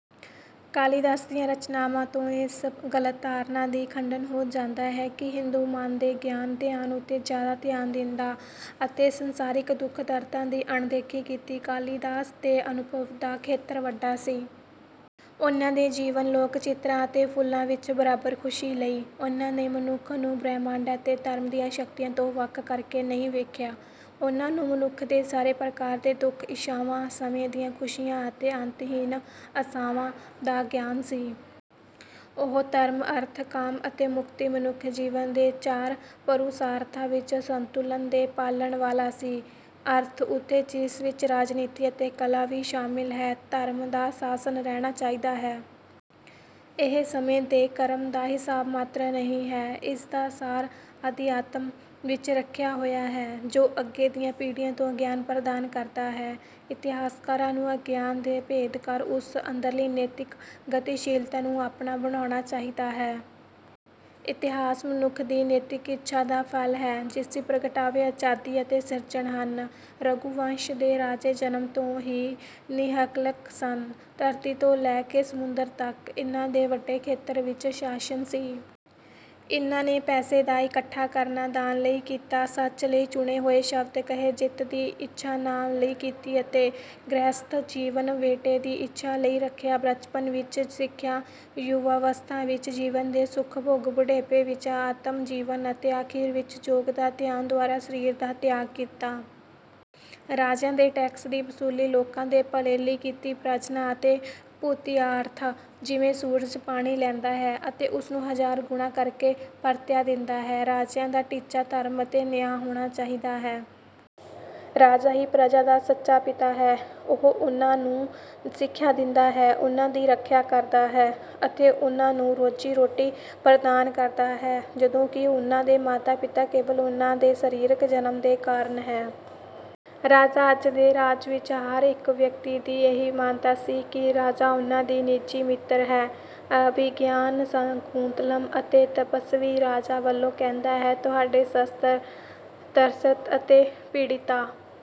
ਕਾਲੀਦਾਸ ਦੀਆਂ ਰਚਨਾਵਾਂ ਤੋਂ ਇਸ ਗਲਤ ਧਾਰਨਾ ਦਾ ਖੰਡਨ ਹੋ ਜਾਂਦਾ ਹੈ ਕਿ ਹਿੰਦੂ ਮਨ ਨੇ ਗਿਆਨ ਧਿਆਨ ਉੱਤੇ ਜਿਆਦਾ ਧਿਆਨ ਦਿੱਤਾ ਅਤੇ ਸੰਸਾਰਿਕ ਦੁੱਖ ਦਰਦਾਂ ਦੀ ਅਣਦੇਖੀ ਕੀਤੀ। ਕਾਲੀਦਾਸ ਦੇ ਅਨੁਭਵ ਦਾ ਖੇਤਰ ਵੱਡਾ ਸੀ। ਉਨ੍ਹਾਂ ਨੇ ਜੀਵਨ ਲੋਕ ਚਿਤਰਾਂ ਅਤੇ ਫੁੱਲਾਂ ਵਿੱਚ ਬਰਾਬਰ ਖੁਸ਼ੀ ਲਈ। ਉਨ੍ਹਾਂ ਨੇ ਮਨੁੱਖ ਨੂੰ ਬ੍ਰਹਿਮੰਡ ਅਤੇ ਧਰਮ ਦੀਆਂ ਸ਼ਕਤੀਆਂ ਤੋਂ ਵੱਖ ਕਰਕੇ ਨਹੀਂ ਵੇਖਿਆ। ਉਨ੍ਹਾਂ ਨੂੰ ਮਨੁੱਖ ਦੇ ਸਾਰੇ ਪ੍ਰਕਾਰ ਦੇ ਦੁਖਾਂ ਇੱਛਾਵਾਂ ਸਮੇਂ ਦੀਆਂ ਖੁਸ਼ੀਆਂ ਅਤੇ ਅੰਤਹੀਨ ਆਸਾਵਾਂ ਦਾ ਗਿਆਨ ਸੀ। ਉਹ ਧਰਮ ਅਰਥ ਕਾਮ ਅਤੇ ਮੁਕਤੀ ਮਨੁੱਖ ਜੀਵਨ ਦੇ ਚਾਰ ਪੁਰੁਸ਼ਾਰਥਾਂ ਵਿੱਚ ਸੰਤੁਲਨ ਦੇ ਪਾਲਣ ਵਾਲਾ ਸੀ। ਅਰਥ ਉੱਤੇ ਜਿਸ ਵਿੱਚ ਰਾਜਨੀਤੀ ਅਤੇ ਕਲਾ ਵੀ ਸ਼ਾਮਿਲ ਹੈ ਧਰਮ ਦਾ ਸ਼ਾਸਨ ਰਹਿਣਾ ਚਾਹੀਦਾ ਹੈ। ਇਹ ਸਮੇਂ ਦੇ ਕ੍ਰਮ ਦਾ ਹਿਸਾਬ ਮਾਤਰ ਨਹੀਂ ਹੈ। ਇਸਦਾ ਸਾਰ ਅਧਿਆਤਮ ਵਿੱਚ ਰਖਿਆ ਹੋਇਆ ਹੈ ਜੋ ਅੱਗੇ ਦੀਆਂ ਪੀੜੀਆਂ ਨੂੰ ਗਿਆਨ ਪ੍ਰਦਾਨ ਕਰਦਾ ਹੈ। ਇਤਿਹਾਸਕਾਰਾਂ ਨੂੰ ਅਗਿਆਨ ਨੂੰ ਭੇਦ ਕਰ ਉਸ ਅੰਦਰਲੀ ਨੈਤਿਕ ਗਤੀਸ਼ੀਲਤਾ ਨੂੰ ਆਪਣਾ ਬਣਾਉਣਾ ਚਾਹੀਦਾ ਹੈ। ਇਤਹਾਸ ਮਨੁੱਖ ਦੀ ਨੈਤਿਕ ਇੱਛਾ ਦਾ ਫਲ ਹੈ ਜਿਸਦੀ ਪ੍ਰਗਟਾਵੇ ਆਜ਼ਾਦੀ ਅਤੇ ਸਿਰਜਣ ਹਨ। ਰਘੂਵੰਸ਼ ਦੇ ਰਾਜੇ ਜਨਮ ਤੋਂ ਹੀ ਨਿਹਕਲੰਕ ਸਨ। ਧਰਤੀ ਤੋਂ ਲੈ ਕੇ ਸਮੁੰਦਰ ਤੱਕ ਇਨ੍ਹਾਂ ਦਾ ਵੱਡੇ ਖੇਤਰ ਵਿੱਚ ਸ਼ਾਸਨ ਸੀ। ਇਨ੍ਹਾਂ ਨੇ ਪੈਸੇ ਦਾ ਇਕੱਠਾ ਕਰਨਾ ਦਾਨ ਲਈ ਕੀਤਾ ਸੱਚ ਲਈ ਚੁਣੇ ਹੋਏ ਸ਼ਬਦ ਕਹੇ ਜਿੱਤ ਦੀ ਇੱਛਾ ਨਾਮ ਲਈ ਕੀਤੀ ਅਤੇ ਗ੍ਰਹਸਥ ਜੀਵਨ ਬੇਟੇ ਦੀ ਇੱਛਾ ਲਈ ਰੱਖਿਆ। ਬਚਪਨ ਵਿੱਚ ਸਿੱਖਿਆ ਯੁਵਾਵਸਥਾ ਵਿੱਚ ਜੀਵਨ ਦੇ ਸੁਖ ਭੋਗ ਬੁਢੇਪਾ ਵਿੱਚ ਆਤਮਕ ਜੀਵਨ ਅਤੇ ਅਖੀਰ ਵਿੱਚ ਯੋਗ ਜਾਂ ਧਿਆਨ ਦੁਆਰਾ ਸਰੀਰ ਦਾ ਤਿਆਗ ਕੀਤਾ। ਰਾਜਿਆਂ ਨੇ ਟੈਕਸ ਦੀ ਵਸੂਲੀ ਲੋਕਾਂ ਦੇ ਭਲੇ ਲਈ ਕੀਤੀ ਪ੍ਰਜਾਨਾੰ ਅਤੇ ਭੂਤਿਆਰਥੰ ਜਿਵੇਂ ਸੂਰਜ ਪਾਣੀ ਲੈਂਦਾ ਹੈ ਅਤੇ ਉਸਨੂੰ ਹਜ਼ਾਰ ਗੁਣਾ ਕਰਕੇ ਪਰਤਿਆ ਦਿੰਦਾ ਹੈ। ਰਾਜਿਆਂ ਦਾ ਟੀਚਾ ਧਰਮ ਅਤੇ ਨਿਆਂ ਹੋਣਾ ਚਾਹੀਦਾ ਹੈ। ਰਾਜਾ ਹੀ ਪ੍ਰਜਾ ਦਾ ਸੱਚਾ ਪਿਤਾ ਹੈ ਉਹ ਉਨ੍ਹਾਂਨੂੰ ਸਿੱਖਿਆ ਦਿੰਦਾ ਹੈ ਉਨ੍ਹਾਂ ਦੀ ਰੱਖਿਆ ਕਰਦਾ ਹੈ ਅਤੇ ਉਨ੍ਹਾਂਨੂੰ ਰੋਜ਼ੀ ਰੋਟੀ ਪ੍ਰਦਾਨ ਕਰਦਾ ਹੈ ਜਦੋਂ ਕਿ ਉਨ੍ਹਾਂ ਦੇ ਮਾਤਾ ਪਿਤਾ ਕੇਵਲ ਉਨ੍ਹਾਂ ਦੇ ਸਰੀਰਕ ਜਨਮ ਦੇ ਕਾਰਨ ਹੈ। ਰਾਜਾ ਅਜ ਦੇ ਰਾਜ ਵਿੱਚ ਹਰ ਇੱਕ ਵਿਅਕਤੀ ਦੀ ਇਹੀ ਮਾਨਤਾ ਸੀ ਕਿ ਰਾਜਾ ਉਨ੍ਹਾਂ ਦਾ ਨਿੱਜੀ ਮਿੱਤਰ ਹੈ। ਅਭਿਗਿਆਨ ਸ਼ਾਕੁੰਤਲਮ ਵਿੱਚ ਤਪੱਸਵੀ ਰਾਜਾ ਵਲੋਂ ਕਹਿੰਦਾ ਹੈ ਤੁਹਾਡੇ ਸ਼ਸਤਰ ਤਰਸਤ ਅਤੇ ਪੀੜੀਤਾਂ